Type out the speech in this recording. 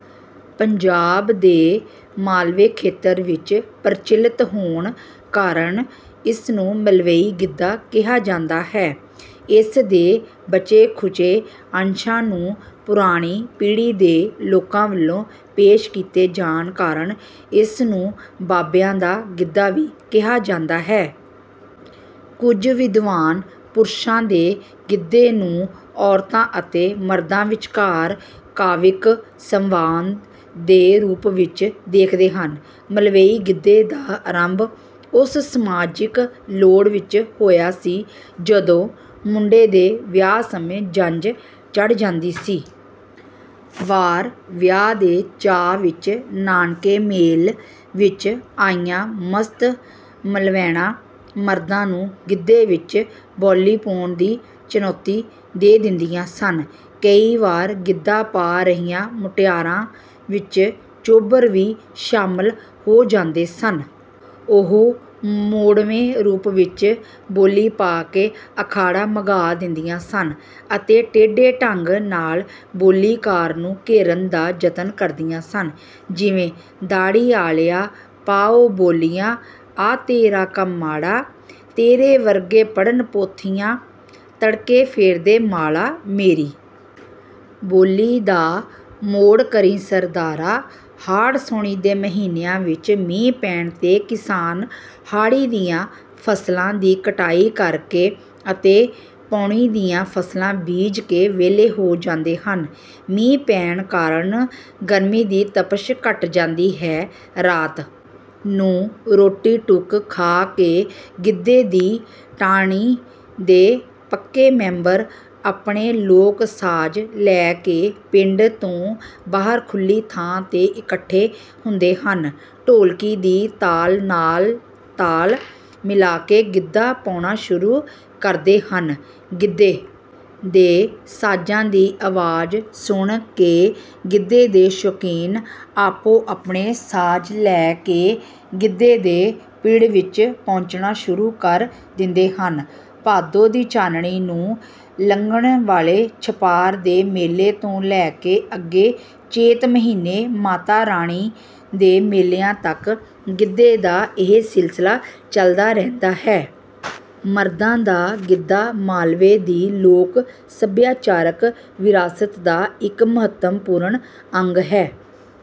ਪੰਜਾਬ ਦੇ ਮਾਲਵੇ ਖੇਤਰ ਵਿੱਚ ਪ੍ਰਚੱਲਿਤ ਹੋਣ ਕਾਰਨ ਇਸ ਨੂੰ ਮਲਵਈ ਗਿੱਧਾ ਕਿਹਾ ਜਾਂਦਾ ਹੈ। ਇਸ ਦੇ ਬਚੇ-ਖੁਚੇ ਅੰਸ਼ਾਂ ਨੂੰ ਪੁਰਾਣੀ ਪੀੜ੍ਹੀ ਦੇ ਲੋਕਾਂ ਵੱਲੋਂ ਪੇਸ਼ ਕੀਤੇ ਜਾਣ ਕਾਰਨ ਇਸ ਨੂੰ ਬਾਬਿਆਂ ਦਾ ਗਿੱਧਾ ਵੀ ਕਿਹਾ ਜਾਂਦਾ ਹੈ। ਕੁਝ ਵਿਦਵਾਨ ਪੁਰਸ਼ਾਂ ਦੇ ਗਿੱਧੇ ਨੂੰ ਔਰਤਾਂ ਅਤੇ ਮਰਦਾਂ ਵਿਚਕਾਰ ਕਾਵਿਕ ਸੰਵਾਦ ਦੇ ਰੂਪ ਵਿੱਚ ਦੇਖਦੇ ਹਨ। ਮਲਵਈ ਗਿੱਧੇ ਦਾ ਆਰੰਭ ਉਸ ਸਮਾਜਿਕ ਲੋੜ ਵਿੱਚ ਹੋਇਆ ਸੀ, ਜਦੋਂ ਮੁੰਡੇ ਦੇ ਵਿਆਹ ਸਮੇਂ ਜੰਝ ਚੜ੍ਹ ਜਾਂਦੀ ਸੀ। ਵਾਰ ਵਿਆਹ ਦੇ ਚਾਅ ਵਿੱਚ ਨਾਨਕੇ ਮੇਲ ਵਿੱਚ ਆਈਆਂ ਮਸਤ-ਮਲਵੈਣਾਂ ਮਰਦਾਂ ਨੂੰ ਗਿੱਧੇ ਵਿੱਚ ਬੋਲੀ ਪਾਉਣ ਦੀ ਚੁਣੌਤੀ ਦੇ ਦਿੰਦੀਆਂ ਸਨ। ਕਈ ਵਾਰ ਗਿੱਧਾ ਪਾ ਰਹੀਆਂ ਮੁਟਿਆਰਾਂ ਵਿੱਚ ਚੋਬਰ ਵੀ ਸ਼ਾਮਲ ਹੋ ਜਾਂਦੇ ਸਨ। ਉਹ ਮੋੜਵੇਂ ਰੂਪ ਵਿੱਚ ਬੋਲੀ ਪਾ ਕੇ ਅਖਾੜਾ ਮਘਾ ਦਿੰਦੀਆਂ ਸਨ ਅਤੇ ਟੇਢੇ ਢੰਗ ਨਾਲ ਬੋਲੀਕਾਰ ਨੂੰ ਘੇਰਨ ਦਾ ਯਤਨ ਕਰਦੀਆਂ ਸਨ। ਜਿਵੇਂ ਦਾੜ੍ਹੀ ਆਲਿਆ, ਪਾ ਉਂ ਬੋਲੀਆਂ, ਆਹ ਤੇਰਾ ਕੰਮ ਮਾੜਾ। ਤੇਰੇ ਵਰਗੇ ਪੜ੍ਹਨ ਪੋਥੀਆਂ, ਤੜਕੇ ਫੇਰਦੇ ਮਾਲਾ। ਮੇਰੀ ਬੋਲੀ ਦਾ ਮੋੜ ਕਰੀਂ, ਸਰਦਾਰਾ। ਹਾੜ੍ਹ-ਸਾਉਣ ਦੇ ਮਹੀਨਿਆਂ ਵਿੱਚ ਮੀਂਹ ਪੈਣ ’ਤੇ ਕਿਸਾਨ ਹਾੜੀ ਦੀਆਂ ਫ਼ਸਲਾਂ ਦੀ ਕਟਾਈ ਕਰਕੇ ਅਤੇ ਪਾਉਣੀ ਦੀਆਂ ਫ਼ਸਲਾਂ ਬੀਜ ਕੇ ਵਿਹਲੇ ਹੋ ਜਾਂਦੇ ਹਨ। ਮੀਂਹ ਪੈਣ ਕਾਰਨ ਗਰਮੀ ਦੀ ਤਪਸ਼ ਘੱਟ ਜਾਂਦੀ ਹੈ। ਰਾਤ ਨੂੰ ਰੋਟੀ-ਟੁੱਕ ਖਾ ਕੇ ਗਿੱਧੇ ਦੀ ਢਾਣੀ ਦੇ ਪੱਕੇ ਮੈਂਬਰ ਆਪਣੇ ਲੋਕ-ਸਾਜ਼ ਲੈ ਕੇ ਪਿੰਡ ਤੋਂ ਬਾਹਰ ਖੁੱਲ੍ਹੀ ਥਾਂ ’ਤੇ ਇਕੱਠੇ ਹੁੰਦੇ ਹਨ। ਢੋਲਕੀ ਦੀ ਤਾਲ ਨਾਲ ਤਾਲ ਮਿਲਾ ਕੇ ਗਿੱਧਾ ਪਾਉਣਾ ਸ਼ੁਰੂ ਕਰਦੇ ਹਨ। ਗਿੱਧੇ ਦੇ ਸਾਜ਼ਾਂ ਦੀ ਅਵਾਜ਼ ਸੁਣ ਕੇ ਗਿੱਧੇ ਦੇ ਸ਼ੌਕੀਨ ਆਪੋ-ਆਪਣੇ ਸਾਜ਼ ਲੈ ਕੇ ਗਿੱਧੇ ਦੇ ਪਿੜ ਵਿੱਚ ਪਹੁੰਚਣਾ ਸ਼ੁਰੂ ਕਰ ਦਿੰਦੇ ਹਨ। ਭਾਦੋਂ ਦੀ ਚਾਨਣੀ ਨੂੰ ਲੱਗਣ ਵਾਲੇ ਛਪਾਰ ਦੇ ਮੇਲੇ ਤੋਂ ਲੈ ਕੇ ਅੱਗੇ ਚੇਤ ਮਹੀਨੇ ਮਾਤਾ ਰਾਣੀ ਦੇ ਮੇਲਿਆਂ ਤੱਕ ਗਿੱਧੇ ਦਾ ਇਹ ਸਿਲਸਿਲਾ ਚੱਲਦਾ ਰਹਿੰਦਾ ਹੈ। ਮਰਦਾਂ ਦਾ ਗਿੱਧਾ ਮਾਲਵੇ ਦੀ ਲੋਕ-ਸੱਭਿਆਚਾਰਕ ਵਿਰਾਸਤ ਦਾ ਇੱਕ ਮਹੱਤਵਪੂਰਨ ਅੰਗ ਹੈ।